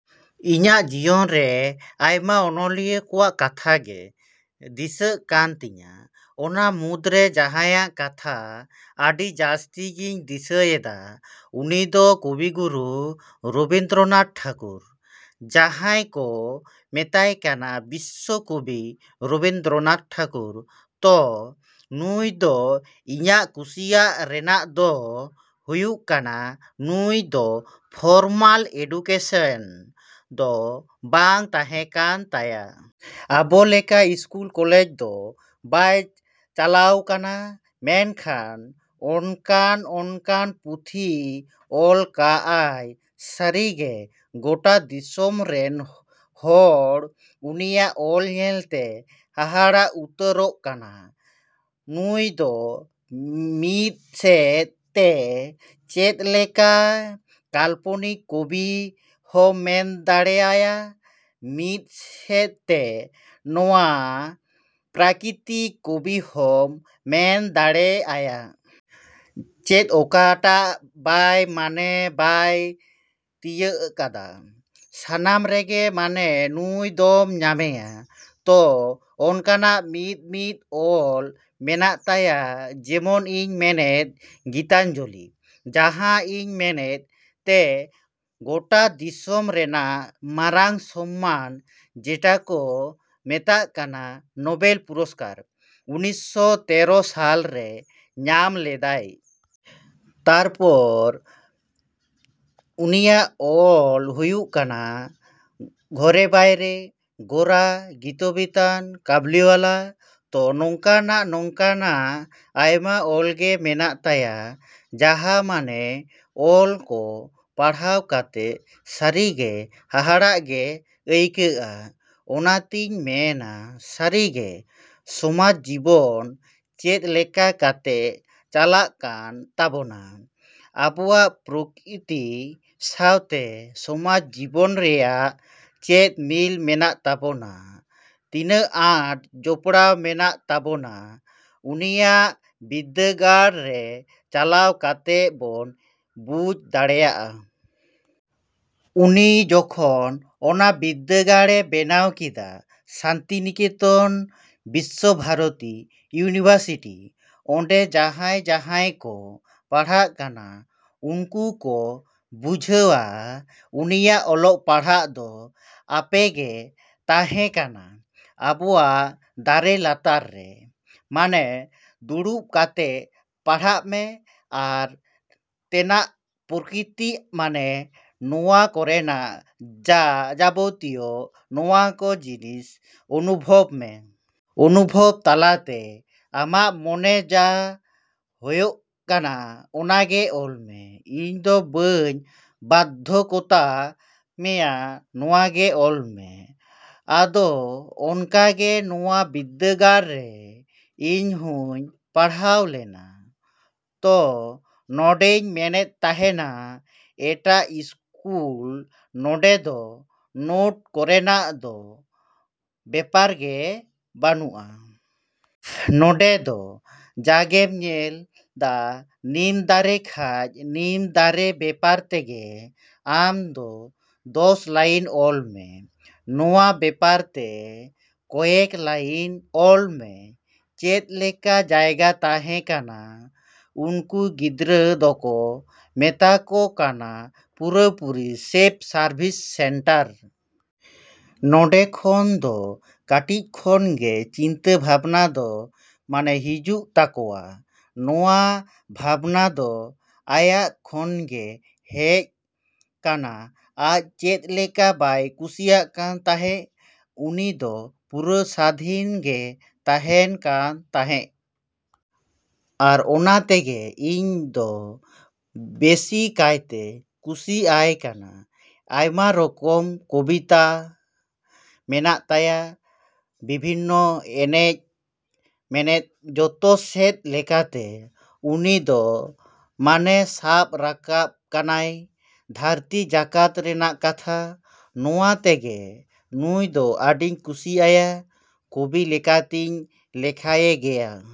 ᱤᱧᱟᱜ ᱡᱤᱭᱚᱱ ᱨᱮ ᱟᱭᱢᱟ ᱚᱱᱚᱞᱤᱭᱟᱹ ᱠᱚᱣᱟᱜ ᱠᱟᱛᱷᱟ ᱜᱮ ᱫᱤᱥᱟᱹᱜ ᱠᱟᱱ ᱛᱤᱧᱟ᱾ ᱚᱱᱟ ᱢᱩᱫᱽᱨᱮ ᱡᱟᱸᱦᱟᱭᱟᱜ ᱠᱟᱛᱷᱟ ᱟᱹᱰᱤ ᱡᱟᱹᱥᱛᱤ ᱜᱤᱧ ᱫᱤᱥᱟᱹᱭᱮᱫᱟ ᱩᱱᱤ ᱫᱚ ᱠᱚᱵᱤᱜᱩᱨᱩ ᱨᱚᱵᱤᱱᱫᱽᱨᱚᱱᱟᱛᱷ ᱴᱷᱟᱠᱩᱨ, ᱡᱟᱸᱦᱟᱭ ᱠᱚ ᱢᱮᱛᱟᱭ ᱠᱟᱱᱟ ᱵᱤᱥᱥᱚ ᱠᱚᱵᱤ ᱨᱚᱵᱤᱱᱫᱽᱨᱚᱱᱟᱛᱷ ᱴᱷᱟᱠᱩᱨ᱾ ᱛᱚ ᱱᱩᱭ ᱫᱚ ᱤᱧᱟᱜ ᱠᱩᱥᱤᱭᱟᱜ ᱨᱮᱱᱟᱜ ᱫᱚ ᱦᱩᱭᱩᱜ ᱠᱟᱱᱟ ᱱᱩᱭ ᱫᱚ ᱯᱷᱚᱨᱢᱟᱞ ᱮᱰᱩᱠᱮᱥᱚᱱ ᱫᱚ ᱵᱟᱝ ᱛᱟᱸᱦᱮ ᱠᱟᱱ ᱛᱟᱭᱟ᱾ ᱟᱵᱚ ᱞᱮᱠᱟ ᱤᱥᱠᱩᱞ ᱠᱚᱞᱮᱡ ᱫᱚ ᱵᱟᱭ ᱪᱟᱞᱟᱣ ᱠᱟᱱᱟ ᱢᱮᱱᱠᱷᱟᱱ ᱚᱱᱠᱟᱱ ᱚᱱᱠᱟᱱ ᱯᱩᱛᱷᱤ ᱚᱞ ᱠᱟᱜ ᱟᱭ ᱥᱟᱹᱨᱤᱜᱮ ᱜᱚᱴᱟ ᱫᱤᱥᱚᱢ ᱨᱮᱱ ᱦᱚᱲ ᱩᱱᱤᱭᱟᱜ ᱚᱞ ᱧᱮᱞᱛᱮ ᱦᱟᱦᱟᱲᱟᱜ ᱩᱛᱟᱹᱨᱚᱜ ᱠᱟᱱᱟ᱾ ᱱᱩᱭ ᱫᱚ ᱢᱤᱫ ᱥᱮᱫ ᱛᱮ ᱪᱮᱫ ᱞᱮᱠᱟ ᱠᱟᱞᱯᱚᱱᱤᱠ ᱠᱚᱵᱤ ᱦᱚᱸᱢ ᱢᱮᱱ ᱫᱟᱲᱮ ᱟᱭᱟ, ᱢᱤᱫ ᱥᱮᱫ ᱛᱮ ᱱᱚᱣᱟ ᱯᱨᱟᱠᱤᱛᱤᱠ ᱠᱚᱵᱤ ᱦᱚᱢ ᱢᱮᱱ ᱫᱟᱲᱮ ᱟᱭᱟ᱾ ᱪᱮᱫ ᱚᱠᱟ ᱴᱟᱜ ᱵᱟᱭ ᱢᱟᱱᱮ ᱵᱟᱭ ᱛᱤᱭᱟᱹᱜ ᱠᱟᱫᱟ, ᱥᱟᱱᱟᱢ ᱨᱮᱜᱮ ᱢᱟᱱᱮ ᱱᱩᱭ ᱫᱚᱢ ᱧᱟᱢᱮᱭᱟ᱾ ᱛᱚ ᱚᱱᱠᱟᱱᱟᱜ ᱢᱤᱫ ᱢᱤᱫ ᱚᱞ ᱢᱮᱱᱟᱜ ᱛᱟᱭᱟ ᱡᱮᱢᱚᱱ ᱤᱧ ᱢᱮᱱᱮᱫ ᱜᱤᱛᱟᱧᱡᱚᱞᱤ ᱡᱟᱸᱦᱟ ᱤᱧ ᱢᱮᱱᱮᱫ ᱛᱮ ᱜᱚᱴᱟ ᱫᱤᱥᱚᱢ ᱨᱮᱱᱟᱜ ᱢᱟᱨᱟᱝ ᱥᱚᱱᱢᱟᱱ ᱡᱮᱴᱟ ᱠᱚ ᱢᱮᱛᱟᱜ ᱠᱟᱱᱟ ᱱᱚᱵᱮᱞ ᱯᱩᱨᱚᱥᱠᱟᱨ ᱩᱱᱤᱥᱥᱚ ᱛᱮᱨᱚ ᱥᱟᱞ ᱨᱮ ᱧᱟᱢ ᱞᱮᱫᱟᱭ᱾ ᱛᱟᱨᱯᱚᱨ ᱩᱱᱤᱭᱟᱜ ᱚᱞ ᱦᱩᱭᱩᱜ ᱠᱟᱱᱟ ᱜᱷᱚᱨᱮ ᱵᱟᱭᱨᱮ, ᱜᱚᱨᱟ, ᱜᱤᱛᱚᱵᱤᱛᱷᱟᱱ, ᱠᱟᱵᱩᱞᱤᱣᱟᱞᱟ᱾ ᱛᱚ ᱱᱚᱝᱠᱟ ᱱᱟᱜ ᱱᱚᱝᱠᱟ ᱱᱟᱜ ᱟᱭᱢᱟ ᱚᱞ ᱜᱮ ᱢᱮᱱᱟᱜ ᱛᱟᱭᱟ ᱡᱟᱸᱦᱟ ᱢᱟᱱᱮ ᱚᱞ ᱠᱚ ᱯᱟᱲᱦᱟᱣ ᱠᱟᱛᱮᱜ ᱥᱟᱹᱨᱤ ᱜᱮ ᱦᱟᱦᱟᱲᱟᱜ ᱜᱮ ᱟᱹᱭᱠᱟᱹᱜᱼᱟ᱾ ᱚᱱᱟ ᱛᱤᱧ ᱢᱮᱱᱟ ᱥᱟᱹᱨᱤᱜᱮ ᱥᱚᱢᱟᱡᱽ ᱡᱤᱵᱚᱱ ᱪᱮᱫ ᱞᱮᱠᱟ ᱠᱟᱛᱮᱜ ᱪᱟᱞᱟᱜ ᱠᱟᱱ ᱛᱟᱵᱚᱱᱟ, ᱟᱵᱚᱣᱟᱜ ᱯᱨᱚᱠᱤᱛᱤ ᱥᱟᱶᱛᱮ ᱥᱚᱢᱟᱡᱽ ᱡᱤᱵᱚᱱ ᱨᱮᱭᱟᱜ ᱪᱮᱫ ᱢᱤᱞ ᱢᱮᱱᱟᱜ ᱛᱟᱵᱚᱱᱟ, ᱛᱤᱱᱟᱹᱜ ᱟᱸᱴ ᱡᱚᱯᱲᱟᱣ ᱢᱮᱱᱟᱜ ᱛᱟᱵᱚᱱᱟ ᱩᱱᱤᱭᱟᱜ ᱵᱤᱫᱽᱫᱟᱹᱜᱟᱲ ᱨᱮ ᱪᱟᱞᱟᱣ ᱠᱟᱛᱮᱜ ᱵᱚᱱ ᱵᱩᱡ ᱫᱟᱲᱮᱭᱟᱜᱼᱟ᱾ ᱩᱱᱤ ᱡᱚᱠᱷᱚᱱ ᱚᱱᱟ ᱵᱤᱫᱽᱫᱟᱹᱜᱟᱲ ᱮ ᱵᱮᱱᱟᱣ ᱠᱮᱫᱟ ᱥᱟᱱᱛᱤᱱᱤᱠᱮᱛᱚᱱ ᱵᱤᱥᱥᱚ ᱵᱷᱟᱨᱚᱛᱤ ᱤᱭᱩᱱᱤᱵᱷᱟᱨᱥᱤᱴᱤ, ᱚᱸᱰᱮ ᱡᱟᱸᱦᱟᱭ ᱡᱟᱸᱦᱟᱭ ᱠᱚ ᱯᱟᱲᱦᱟᱣ ᱠᱟᱱᱟ ᱩᱱᱠᱩ ᱠᱚ ᱵᱩᱡᱷᱟᱹᱣᱟ ᱩᱱᱤᱭᱟᱜ ᱚᱞᱚᱜ ᱯᱟᱲᱦᱟᱜ ᱫᱚ ᱚᱯᱮᱱ ᱜᱮ ᱛᱟᱸᱦᱮ ᱠᱟᱱᱟ ᱟᱵᱚᱣᱟᱜ ᱫᱟᱨᱮ ᱞᱟᱛᱟᱨ ᱨᱮ᱾ ᱢᱟᱱᱮ ᱫᱩᱲᱩᱵ ᱠᱟᱛᱮᱜ ᱯᱟᱲᱦᱟᱜ ᱢᱮ, ᱟᱢ ᱛᱮᱱᱟᱜ ᱯᱨᱚᱠᱤᱛᱤ ᱢᱟᱱᱮ ᱱᱚᱣᱟ ᱠᱚᱨᱮᱱᱟᱜ ᱡᱟ ᱡᱟᱵᱚᱛᱤᱭᱚ ᱱᱚᱣᱟ ᱠᱚ ᱡᱤᱱᱤᱥ ᱚᱱᱩᱵᱷᱚᱵ ᱢᱮ᱾ ᱚᱱᱩᱵᱷᱚᱵ ᱛᱟᱞᱟᱛᱮ ᱟᱢᱟᱜ ᱢᱚᱱᱮ ᱡᱟ ᱦᱚᱭᱚᱜ ᱠᱟᱱᱟ ᱚᱱᱟᱜᱮ ᱚᱞ ᱢᱮ, ᱤᱧ ᱫᱚ ᱵᱟᱹᱧ ᱵᱟᱫᱽᱫᱷᱚᱠᱚᱛᱟ ᱢᱮᱭᱟ ᱱᱚᱣᱟᱜᱮ ᱚᱞ ᱢᱮ᱾ ᱟᱫᱚ ᱚᱱᱠᱟ ᱜᱮ ᱱᱚᱣᱟ ᱵᱤᱫᱽᱫᱟᱹᱜᱟᱲ ᱨᱮ ᱤᱧ ᱦᱚᱧ ᱯᱟᱲᱦᱟᱣ ᱞᱮᱱᱟ᱾ ᱛᱚ ᱱᱚᱰᱮᱧ ᱢᱮᱱᱮᱫ ᱛᱟᱸᱦᱮᱱᱟ ᱮᱴᱟᱜ ᱤᱥᱠᱩᱞ ᱱᱚᱰᱮ ᱫᱚ ᱱᱚᱴ ᱠᱚᱨᱮᱱᱟᱜ ᱫᱚ ᱵᱮᱯᱟᱨ ᱜᱮ ᱵᱟᱹᱱᱩᱜᱼᱟ᱾ ᱱᱚᱰᱮ ᱫᱚ ᱡᱟᱜᱮᱢ ᱧᱮᱞ ᱫᱟ ᱱᱤᱢ ᱫᱟᱨᱮ ᱠᱷᱟᱡ ᱱᱤᱢ ᱫᱟᱨᱮ ᱵᱮᱯᱟᱨ ᱛᱮᱜᱮ ᱟᱢ ᱫᱚ ᱫᱚᱥ ᱞᱟᱭᱤᱱ ᱚᱞ ᱢᱮ, ᱱᱚᱣᱟ ᱵᱮᱯᱟᱨ ᱛᱮ ᱠᱚᱭᱮᱠ ᱞᱟᱭᱤᱱ ᱚᱞ ᱢᱮ᱾ ᱪᱮᱫ ᱞᱮᱠᱟ ᱡᱟᱭᱜᱟ ᱛᱟᱸᱦᱮ ᱠᱟᱱᱟ ᱩᱱᱠᱩ ᱜᱤᱫᱽᱨᱟᱹ ᱫᱚᱠᱚ ᱢᱮᱛᱟ ᱠᱚ ᱠᱟᱱᱟ ᱯᱩᱨᱟᱹᱯᱩᱨᱤ ᱥᱮᱵᱷ ᱥᱟᱨᱵᱷᱤᱥ ᱥᱮᱱᱴᱟᱨ᱾ ᱱᱚᱰᱮ ᱠᱷᱚᱱ ᱫᱚ ᱠᱟᱹᱴᱤᱡ ᱠᱷᱚᱱᱜᱮ ᱪᱤᱱᱛᱟᱹ ᱵᱷᱟᱵᱱᱟ ᱫᱚ ᱢᱟᱱᱮ ᱦᱤᱡᱩᱜ ᱛᱟᱠᱚᱣᱟ᱾ ᱱᱚᱣᱟ ᱵᱷᱟᱵᱱᱟ ᱫᱚ ᱟᱭᱟᱜ ᱠᱷᱚᱱᱜᱮ ᱦᱮᱡ ᱠᱟᱱᱟ ᱟᱡ ᱪᱮᱫ ᱞᱮᱠᱟ ᱵᱟᱭ ᱠᱩᱥᱤᱭᱟᱜ ᱠᱟᱱ ᱛᱟᱸᱦᱮᱜ ᱩᱱᱤ ᱫᱚ ᱯᱩᱨᱟᱹ ᱥᱟᱹᱫᱷᱤᱱ ᱜᱮ ᱛᱟᱸᱦᱮᱱ ᱠᱟᱱ ᱛᱟᱸᱦᱮᱜ᱾ ᱟᱨ ᱚᱱᱟ ᱛᱮᱜᱮ ᱤᱧᱫᱚ ᱵᱮᱥᱤ ᱠᱟᱭᱛᱮ ᱠᱩᱥᱤ ᱟᱭ ᱠᱟᱱᱟ᱾ ᱟᱭᱢᱟ ᱨᱚᱠᱚᱢ ᱠᱤᱛᱟᱹᱵ ᱢᱮᱱᱟᱜ ᱛᱟᱭᱟ ᱵᱤᱵᱷᱤᱱᱱᱚ ᱚᱱᱮᱧ ᱢᱮᱱᱮᱫ ᱡᱚᱛ ᱥᱮᱫ ᱞᱮᱠᱟᱛᱮ ᱩᱱᱤ ᱫᱚ ᱢᱟᱱᱮ ᱥᱟᱵ ᱨᱟᱠᱟᱵ ᱠᱟᱱᱟᱭ ᱫᱷᱟᱹᱨᱛᱤ ᱡᱟᱠᱟᱛ ᱨᱮᱱᱟᱜ ᱠᱟᱛᱷᱟ᱾ ᱱᱚᱣᱟ ᱛᱮᱜᱮ ᱱᱩᱭ ᱫᱚ ᱟᱹᱰᱤᱧ ᱠᱩᱥᱤ ᱟᱭᱟ ᱠᱚᱵᱤ ᱞᱮᱠᱟᱛᱤᱧ ᱞᱮᱠᱷᱟᱭᱮ ᱜᱮᱭᱟ᱾